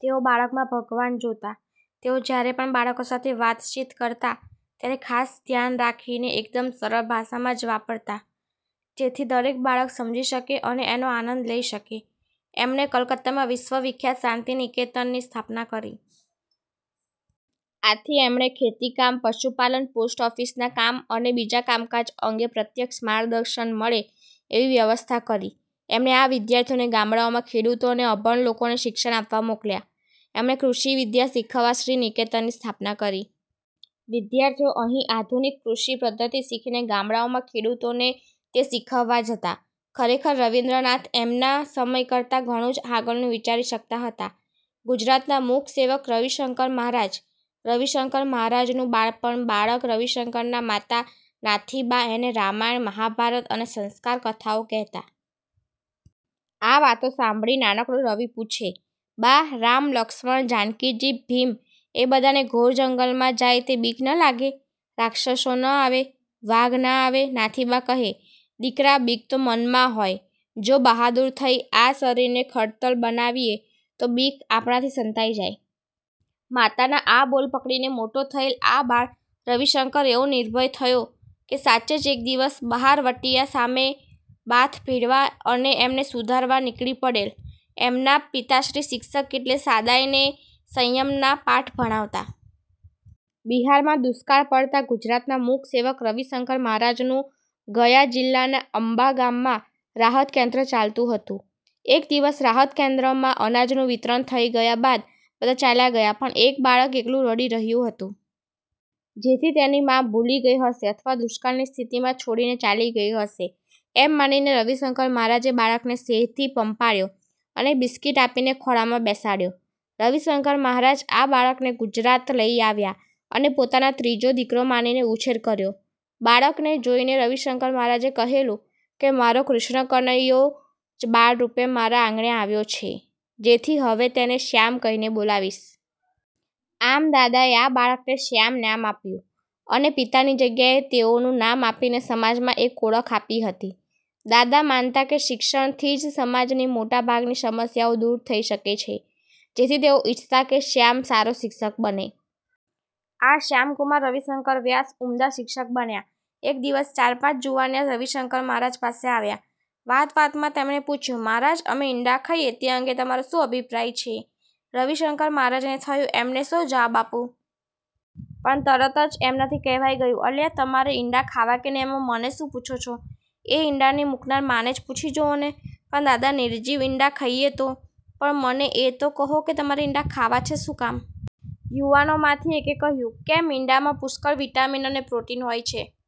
તેઓ બાળકમાં ભગવાન જોતા. તેઓ જયારે પણ બાળકો સાથે વાતચીત કરતા ત્યારે ખાસ ધ્યાન રાખીને એકદમ સરળ ભાષા જ વાપરતા જેથી દરેક બાળક સમજી શકે અને એનો આનંદ લઇ શકે. એમણે કલકત્તામાં વિશ્વવિખ્યાત શાંતિનિકેતનની સ્થાપના કરી. આથી એમણે ખેતીકામ, પશુપાલન, પોસ્ટ ઓફિસના કામ અને બીજા કામકાજ અંગે પ્રત્યક્ષ માર્ગદર્શન મળે એવી વ્યવસ્થા કરી. એમણે આ વિદ્યાર્થીઓને ગામડાંઓમાં ખેડૂતો અને અભણ લોકોને શિક્ષણ આપવા મોકલ્યા. એમણે કૃષિવિદ્યા શીખવવા શ્રીનિકેતનની સ્થાપના કરી. વિદ્યાર્થીઓ અહીં આધુનિક કૃષિ પદ્ધતિ શીખીને ગામડાંઓમાં ખેડૂતોને તે શીખવવા જતા. ખરેખર રવિન્દ્રનાથ એમના સમય કરતાં ઘણું જ આગળનું વિચારી શકતા હતા! ગુજરાતના મૂકસેવક રવિશંકર મહારાજ રવિશંકર મહારાજનું બાળપણ બાળક રવિશંકરના માતા નાથીબા એને રામાયણ, મહાભારત અને સંસ્કાર કથાઓ કહેતા. આ વાતો સાંભળી નાનકડો રવિ પૂછે,"બા, રામ, લક્ષ્મણ, જાનકીજી, ભીમ એ બધાને ઘોર જંગલમાં જાય તે બીક ના લાગે? રાક્ષસો ના આવે? વાઘ ના આવે? " નાથીબા કહે,"દીકરા બીક તો મનમાં હોય, જો બહાદૂર થઈ આ શરીરને ખડતલ બનાવીએ તો બીક આપણાથી સંતાઈ જાય. " માતાના આ બોલ પકડીને મોટો થયેલ આ બાળ રવિશંકર એવો નિર્ભય થયો કે, સાચે જ એક દિવસ બહારવટિયા સામે બાથ ભીડવા અને એમને સુધારવા નીકળી પડેલ. એમના પિતાશ્રી શિક્ષક એટલે સાદાઈ ને સંયમના પાઠ ભણાવતા. બિહારમાં દુષ્કાળ પડતાં ગુજરાતના મૂકસેવક રવિશંકર મહારાજ નું ગયા જિલ્લાના અંબા ગામમાં રાહતકેન્દ્ર ચાલતું હતું. એક દિવસ રાહતકેન્દ્રમાં અનાજનું વિતરણ થઇ ગયા બાદ બધા ચાલ્યા ગયાં પણ એક બાળક એકલું રડી રહ્યું હતું. જેથી તેની મા ભૂલી ગઇ હશે અથવા દુષ્કાળની સ્થિતિમાં છોડીને ચાલી ગઇ હશે એમ માનીને રવિશંકર મહારાજે બાળકને સ્નેહથી પંપાળ્યો અને બિસ્કિટ આપીને ખોળામાં બેસાડ્યો. રવિશંકર મહારાજ આ બાળકને ગુજરાત લઇ આવ્યા અને પોતાના ત્રીજો દિકરો માનીને ઉછેર કર્યો બાળકને જોઇને રવિશંકર મહારાજે કહેલું કે મારો કૃષ્ણકનૈયો જ બાળરૂપે મારે આંગણે આવ્યો છે જેથી હવે તેને શ્યામ કહીને બોલાવીશ. આમ દાદાએ આ બાળકને શ્યામ નામ આપ્યું અને પિતાની જગ્યાએ તેઓનું નામ આપીને સમાજમાં એક ઓળખ આપી હતી. દાદા માનતા કે શિક્ષણથી જ સમાજની મોટા ભાગની સમસ્યાઓ દૂર થઇ શકે છે. જેથી તેઓ ઇચ્છતા કે શ્યામ સારો શિક્ષક બને. આ શ્યામકુમાર રવિશંકર વ્યાસ ઉમદા શિક્ષક બન્યા. એક દિવસ ચાર-પાંચ જુવાનિયા રવિશંકર મહારાજ પાસે આવ્યા. વાતવાતમાં તેમણે પૂછ્યું: 'મહારાજ, અમે ઈંડાં ખાઈએ તે અંગે તમારો શો અભિપ્રાય છે? ' રવિશંકર મહારાજને થયું: 'એમને શો જવાબ આપું? પણ તરત જ એમનાથી કહેવાઈ ગયું: 'અલ્યા, તમારે ઈંડાં ખાવાં કે નહિ એમાં મને શું પૂછો છો? – એ ઈંડાંની મૂકનાર માને જ પૂછી જુવોને! ' 'પણ દાદા, નિર્જીવ ઈંડાં ખાઈએ તો? ' 'પણ, મને એ તો કહો કે તમારે ઈંડાં ખાવાં છે શું કામ? ' યુવાનોમાંથી એકે કહ્યું: 'કેમ? ઈંડાંમાં પુષ્કળ વિટામીન અને પ્રોટીન હોય છે.